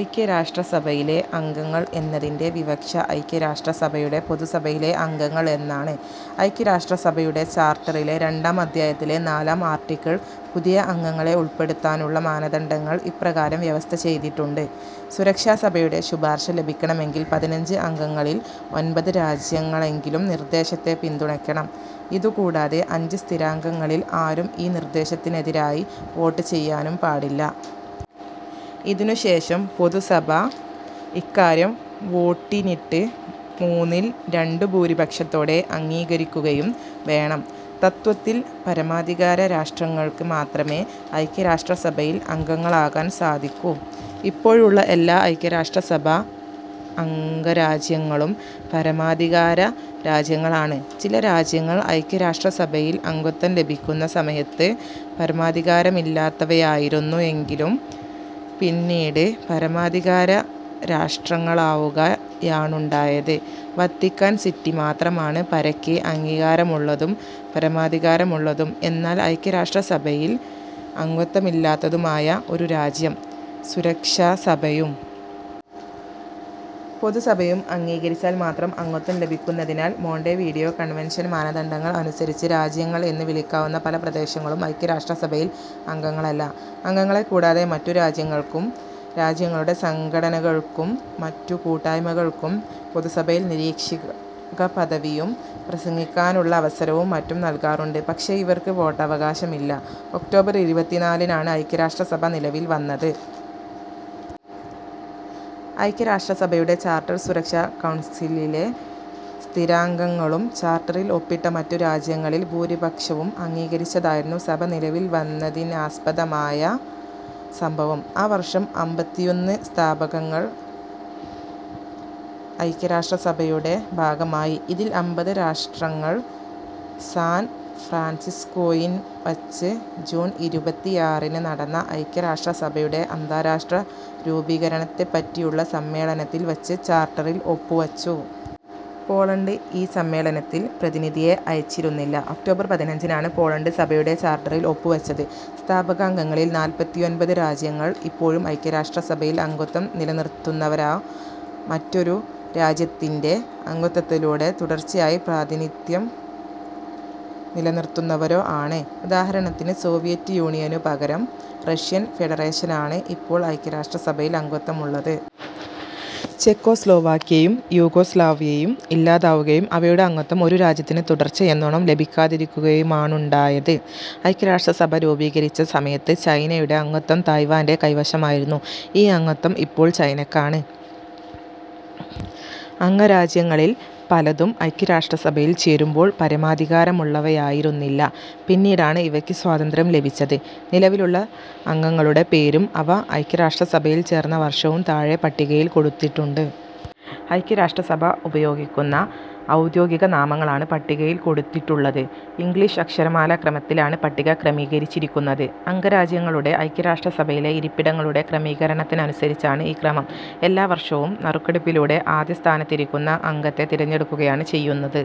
ഐക്യരാഷ്ട്രസഭയിലെ അംഗങ്ങൾ എന്നതിന്റെ വിവക്ഷ ഐക്യരാഷ്ട്രസഭയുടെ പൊതുസഭയിലെ അംഗങ്ങൾ എന്നാണ്. ഐക്യരാഷ്ട്രസഭയുടെ ചാർട്ടറിലെ രണ്ടാം അധ്യായത്തിലെ നാലാം ആർട്ടിക്കൾ പുതിയ അംഗങ്ങളെ ഉൾപ്പെടുത്താനുള്ള മാനദണ്ഡങ്ങൾ ഇപ്രകാരം വ്യവസ്ഥ ചെയ്തിട്ടുണ്ട്. സുരക്ഷാസഭയുടെ ശുപാർശ ലഭിക്കണമെങ്കിൽ പതിനഞ്ച് അംഗങ്ങളിൽ ഒൻപത് രാജ്യങ്ങളെങ്കിലും നിർദ്ദേശത്തെ പിന്തുണയ്ക്കണം. ഇതുകൂടാതെ അഞ്ച് സ്ഥിരാംഗങ്ങളിൽ ആരും ഈ നിർദ്ദേശത്തിനെതിരായി വോട്ട് ചെയ്യാനും പാടില്ല. ഇതിനുശേഷം പൊതുസഭ ഇക്കാര്യം വോട്ടിനിട്ട് മൂന്നിൽ രണ്ട് ഭൂരിപക്ഷത്തോടെ അംഗീകരിക്കുകയും വേണം. തത്ത്വത്തിൽ പരമാധികാര രാഷ്ട്രങ്ങൾക്ക് മാത്രമേ ഐക്യരാഷ്ട്രസഭയിൽ അംഗങ്ങളാകാൻ സാധിക്കൂ. ഇപ്പോഴുള്ള എല്ലാ ഐക്യരാഷ്ട്രസഭാ അംഗരാജ്യങ്ങളും പരമാധികാര രാജ്യങ്ങളാണ്. ചില രാജ്യങ്ങൾ ഐക്യരാഷ്ട്രസഭയിൽ അംഗത്വം ലഭിക്കുന്ന സമയത്ത് പരമാധികാരമില്ലാത്തവയായിരുന്നുവെങ്കിലും പിന്നീട് പരമാധികാരരാഷ്ട്രങ്ങളാവുകയാണുണ്ടായത്. വത്തിക്കാൻ സിറ്റി മാത്രമാണ് പരക്കെ അംഗീകാരമുള്ളതും പരമാധികാരമുള്ളതും എന്നാൽ ഐക്യരാഷ്ട്രസഭയിൽ അംഗത്വമില്ലാത്തതുമായ ഒരു രാജ്യം. സുരക്ഷാസഭയും പൊതുസഭയും അംഗീകരിച്ചാൽ മാത്രം അംഗത്വം ലഭിക്കുന്നതിനാൽ മോണ്ടെവീഡിയോ കൺവെൻഷൻ മാനദണ്ഡങ്ങൾ അനുസരിച്ച് രാജ്യങ്ങൾ എന്ന് വിളിക്കാവുന്ന പല പ്രദേശങ്ങളും ഐക്യരാഷ്ട്രസഭയിൽ അംഗങ്ങളല്ല. അംഗങ്ങളെക്കൂടാതെ മറ്റു രാജ്യങ്ങൾക്കും രാജ്യങ്ങളുടെ സംഘടനകൾക്കും മറ്റു കൂട്ടായ്മകൾക്കും പൊതുസഭയിൽ നിരീക്ഷകപദവിയും പ്രസംഗിക്കാനുള്ള അവസരവും മറ്റും നൽകാറുണ്ട്. പക്ഷേ ഇവർക്ക് വോട്ടവകാശമില്ല. ഒക്ടോബർ ഇരുപത്തിനാലിനാണ് ഐക്യരാഷ്ട്രസഭ നിലവിൽ വന്നത്. ഐക്യരാഷ്ട്രസഭയുടെ ചാർട്ടർ സുരക്ഷാ കൗൺസിലിലെ സ്ഥിരാംഗങ്ങളും ചാർട്ടറിൽ ഒപ്പിട്ട മറ്റു രാജ്യങ്ങളിൽ ഭൂരിപക്ഷവും അംഗീകരിച്ചതായിരുന്നു സഭ നിലവിൽ വന്നതിനാസ്പദമായ സംഭവം.ആ വർഷം അമ്പത്തിയൊന്ന് സ്ഥാപകാങ്ങൾ ഐക്യരാഷ്ട്രസഭയുടെ ഭാഗമായി. ഇതിൽ അമ്പത് രാഷ്ട്രങ്ങൾ സാൻ ഫ്രാൻസിസ്കോയിൽ വച്ച് ജൂൺ ഇരുപത്തിയാറിന് നടന്ന ഐക്യരാഷ്ട്രസഭയുടെ അന്താരാഷ്ട്ര രൂപീകരണത്തെപ്പറ്റിയുള്ള സമ്മേളനത്തിൽ വച്ച് ചാർട്ടറിൽ ഒപ്പുവച്ചു. പോളണ്ട് ഈ സമ്മേളനത്തിൽ പ്രതിനിധിയെ അയച്ചിരുന്നില്ല. ഒക്ടോബർ പതിനഞ്ചിനാണ് പോളണ്ട് സഭയുടെ ചാർട്ടറിൽ ഒപ്പുവച്ചത്. സ്ഥാപകാംഗങ്ങളിൽ നാൽപ്പത്തിയൊൻപത് രാജ്യങ്ങൾ ഇപ്പോഴും ഐക്യരാഷ്ട്രസഭയിൽ അംഗത്വം നിലനിർത്തുന്നവരോ മറ്റൊരു രാജ്യത്തിന്റെ അംഗത്വത്തിലൂടെ തുടർച്ചയായി പ്രാതിനിധ്യം നിലനിർത്തുന്നവരോ ആണ്. ഉദാഹരണത്തിന് സോവിയറ്റ് യൂണിയനു പകരം റഷ്യൻ ഫെഡറേഷനാണ് ഇപ്പോൾ ഐക്യരാഷ്ട്രസഭയിൽ അംഗത്വമുള്ളത്. ചെക്കോസ്ലോവാക്യയും യുഗോസ്ലാവ്യയും ഇല്ലാതാവുകയും അവയുടെ അംഗത്വം ഒരു രാജ്യത്തിന് തുടർച്ചയെന്നോണം ലഭിക്കാതിരിക്കുകയുമാണുണ്ടായത്. ഐക്യരാഷ്ട്രസഭ രൂപീകരിച്ച സമയത്ത് ചൈനയുടെ അംഗത്വം തായ്‌വാന്റെ കൈവശമായിരുന്നു. ഈ അംഗത്വം ഇപ്പോൾ ചൈനയ്ക്കാണ്. അംഗരാജ്യങ്ങളിൽ പലതും ഐക്യരാഷ്ട്രസഭയിൽ ചേരുമ്പോൾ പരമാധികാരമുള്ളവയായിരുന്നില്ല. പിന്നീടാണ് ഇവയ്ക്ക് സ്വാതന്ത്ര്യം ലഭിച്ചത്. നിലവിലുള്ള അംഗങ്ങളുടെ പേരും അവ ഐക്യരാഷ്ട്രസഭയിൽ ചേർന്ന വർഷവും താഴെ പട്ടികയിൽ കൊടുത്തിട്ടുണ്ട്. ഐക്യരാഷ്ട്രസഭ ഉപയോഗിക്കുന്ന ഔദ്യോഗിക നാമങ്ങളാണ് പട്ടികയിൽ കൊടുത്തിട്ടുള്ളത്. ഇംഗ്ലീഷ് അക്ഷരമാലാക്രമത്തിലാണ് പട്ടിക ക്രമീകരിച്ചിരിക്കുന്നത്. അംഗരാജ്യങ്ങളുടെ ഐക്യരാഷ്ട്രസഭയിലെ ഇരിപ്പിടങ്ങളുടെ ക്രമീകരണത്തിനനുസരിച്ചാണ് ഈ ക്രമം. എല്ലാ വർഷവും നറുക്കെടുപ്പിലൂടെ ആദ്യസ്ഥാനത്തിരിക്കുന്ന അംഗത്തെ തിരഞ്ഞെടുക്കുകയാണ് ചെയ്യുന്നത്.